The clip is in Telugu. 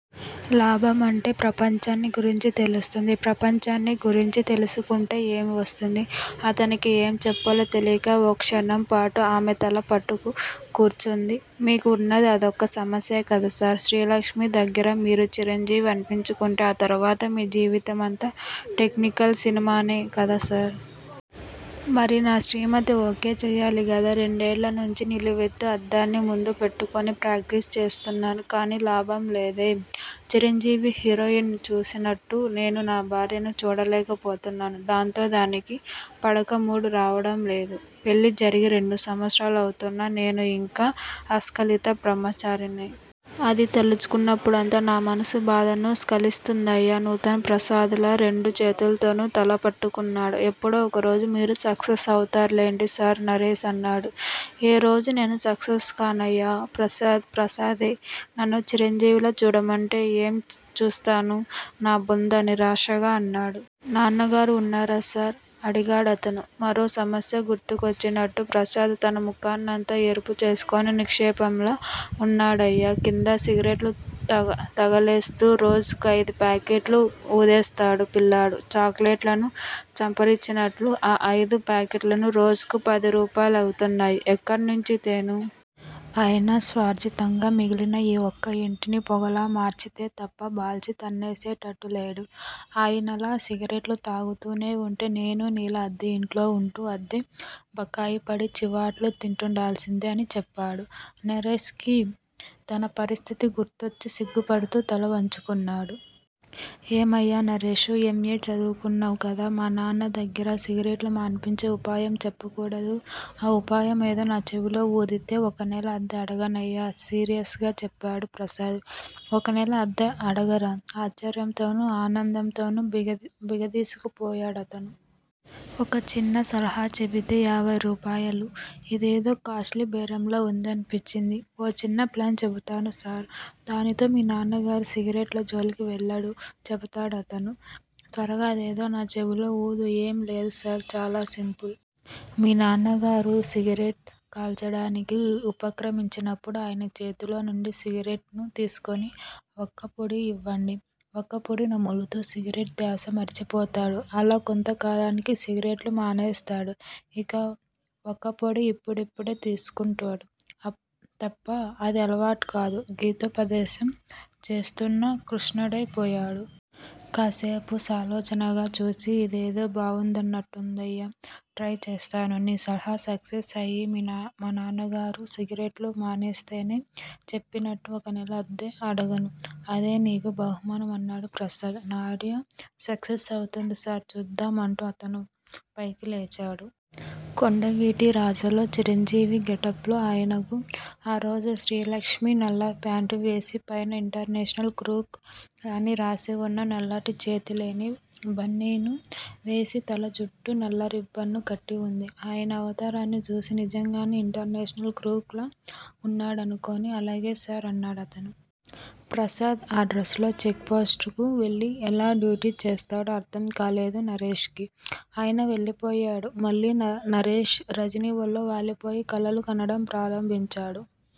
లాభమంటే- ప్రపంచాన్ని గురించి తెలుస్తుంది ప్రపంచాన్ని గురించి తెలుసుకుంటే ఏం వస్తుంది? అతనికి ఏం చెప్పాలో తెలియక ఓ క్షణంపాటు ఆమె తల పట్టుక్కూర్చుంది. మీకు ఉన్నది అదొక్క సమస్యే కదా సార్! శ్రీలక్ష్మి దగ్గిర మీరు చిరంజీవి అనిపించుకుంటే ఆ తరువాత మీ జీవితమంతా టెక్నికలర్ సినిమానే కదా సార్! మరి నా శ్రీమతి ఓకే చెయ్యాలి గదా! రెండేళ్ళ నుంచి నిలువెత్తు అద్దాన్ని ముందు పెట్టుకుని ప్రాక్టీసు చేస్తున్నాను. కానీ లాభం లేదే! చిరంజీవి హీరోయిన్ ని చూసినట్టు నేను నా భార్యను చూడలేక పోతున్నాను. దాంతో దానికి 'పడకమూడ్' రావడం లేదు. పెళ్ళి జరిగి రెండు సంవత్సరాలవుతున్నా నేను యింకా అస్కలిత బ్రహ్మచారినే. అది తలుచుకున్నప్పుడంతా నా మనసు బాధను స్కలిస్తుందయ్యా నూతన్ ప్రసాద్ లా రెండు చేతులతోనూ తల పట్టుకున్నాడు. ఎప్పుడో ఒకరోజు మీరు సక్సెస్ అవుతారులెండి సార్ నరేష్ అన్నాడు. ఏ రోజూ నేను సక్సెస్ కానయ్యా! ప్రసాద్ ప్రసాదే! నన్ను చిరంజీవిలా చూడమంటే ఏం చూస్తాను నా బొంద నిరాశగా అన్నాడు. నాన్నగారు వున్నారా సార్? అడిగాడతను. మరో సమస్య గుర్తొచ్చినట్టు ప్రసాద్ తన ముఖాన్నంతా ఎరుపు చేసుకుని నిక్షేపంలా వున్నాడయ్యా కింద సిగరెట్లు తగలేస్తూ. రోజుకు అయిదు ప్యాకెట్ లు వూదేస్తాడు పిల్లాడు చాక్ లెట్లను చప్పరించినట్లు. ఆ అయిదు పాకెట్లకూ రోజుకు పది రూపాయలవుతున్నాయి. ఎక్కడ్నించి తేను? ఆయన స్వార్జితంగా మిగిలిన ఈ ఒక్క యింటిని పొగలా మార్చితే తప్ప బాల్చీ తన్నేసేటట్టు లేడు. ఆయనలా సిగరెట్ లు తాగుతూనే వుంటే నేనూ నీలా అద్దె యింట్లో వుంటూ, అద్దె బకాయిపడి చీవాట్లు తింటుండాల్సిందే అని చెప్పాడు. నరేషుకి తన పరిస్థితి గుర్తొచ్చి సిగ్గుపడుతూ తలవంచుకున్నాడు. ఏమయ్యా నరేషూ! ఎం. ఏ. చదువుకున్నావ్ కదా! మానాన్న దగ్గిర సిగరెట్ లు మాన్పించే ఉపాయం చెప్పకూడదూ! ఆ ఉపాయమేదో నా చెవిలో వూదితే ఒక నెల అద్దె అడగనయ్యా! సీరియస్ గా చెప్పాడు ప్రసాద్. ఒక నెల అద్దె అడగరా? ఆశ్చర్యంతోనూ, ఆనందంతోనూ బిగదీసుకుపోయాడతను. ఒక చిన్న సలహా చెబితే యాభై రూపాయలు. ఇదేదో కాస్ట్ లీ బేరంలా వుందనిపించి ఓ చిన్న ప్లాన్ చెబుతాను సార్! దానితో మీ నాన్నగారు సిగరెట్ల జోలికి వెళ్లడు చెప్పాడతను. త్వరగా అదేదో నా చెవిలో వూదు. ఏం లేదు సార్! చాలా సింపుల్! మీ నాన్నగారు సిగరెట్ కాల్చడానికి ఉపక్రమించినప్పుడు ఆయన చేతిలో నుండి సిగరెట్ ను తీసేసుకుని వక్కపొడి ఇవ్వండి. వక్కపొడి నములుతూ సిగరెట్ ధ్యాస మరిచి పోతాడు. అలా కొంత కాలానికి సిగరెట్ లు మానేస్తాడు. ఇక వక్కపొడి ఇప్పుడిప్పుడే తీసుకుంటాడు తప్ప అది అలవాటు కాదు గీతోపదేశం చేస్తున్న కృష్ణుడైపోయాడు. కాసేపు సాలోచనగా చూసి ఇదేదో బావుందన్నట్టుందయ్యో! ట్రై చేస్తాను. నీ సలహా సక్సెస్ అయి, మా నాన్నగారు సిగరెట్ లు మానేస్తేనే చెప్పినట్టు ఒక నెల అద్దె అడగను. అదే నీకు బహుమానం అన్నాడు ప్రసాద్. నా ఐడియా సక్సెస్ అవుతుంది సర్! చూద్దాం అంటూ అతను పైకి లేచాడు. కొండవీటి రాజాలో చిరంజీవి గెటప్ లో ఆయనకు ఆ రోజు శ్రీలక్ష్మి నల్ల ఫ్యాంట్ వేసి, పైన 'ఇంటర్నేషనల్ క్రూక్' అని రాసివున్న నల్లటి చేతుల్లేని బనీను వేసి, తల చుట్టూ నల్ల రిబ్బన్ కట్టి వుంది. ఆయన అవతారాన్ని చూసి నిజంగానే ఇంటర్నేషనల్ క్రూక్ లా వున్నాడనుకుని అలాగే సార్ అన్నాడతను. ప్రసాద్ ఆ డ్రస్ లో చెక్ పోస్టుకు వెళ్ళి ఎలా డ్యూటీ చేస్తాడో అర్థం కాలేదు నరేష్ కి. ఆయన వెళ్ళిపోయాడు. మళ్ళీ నరేష్ రజని ఒళ్ళో వాలిపోయి, కలలు కనడం ప్రారంభించాడు.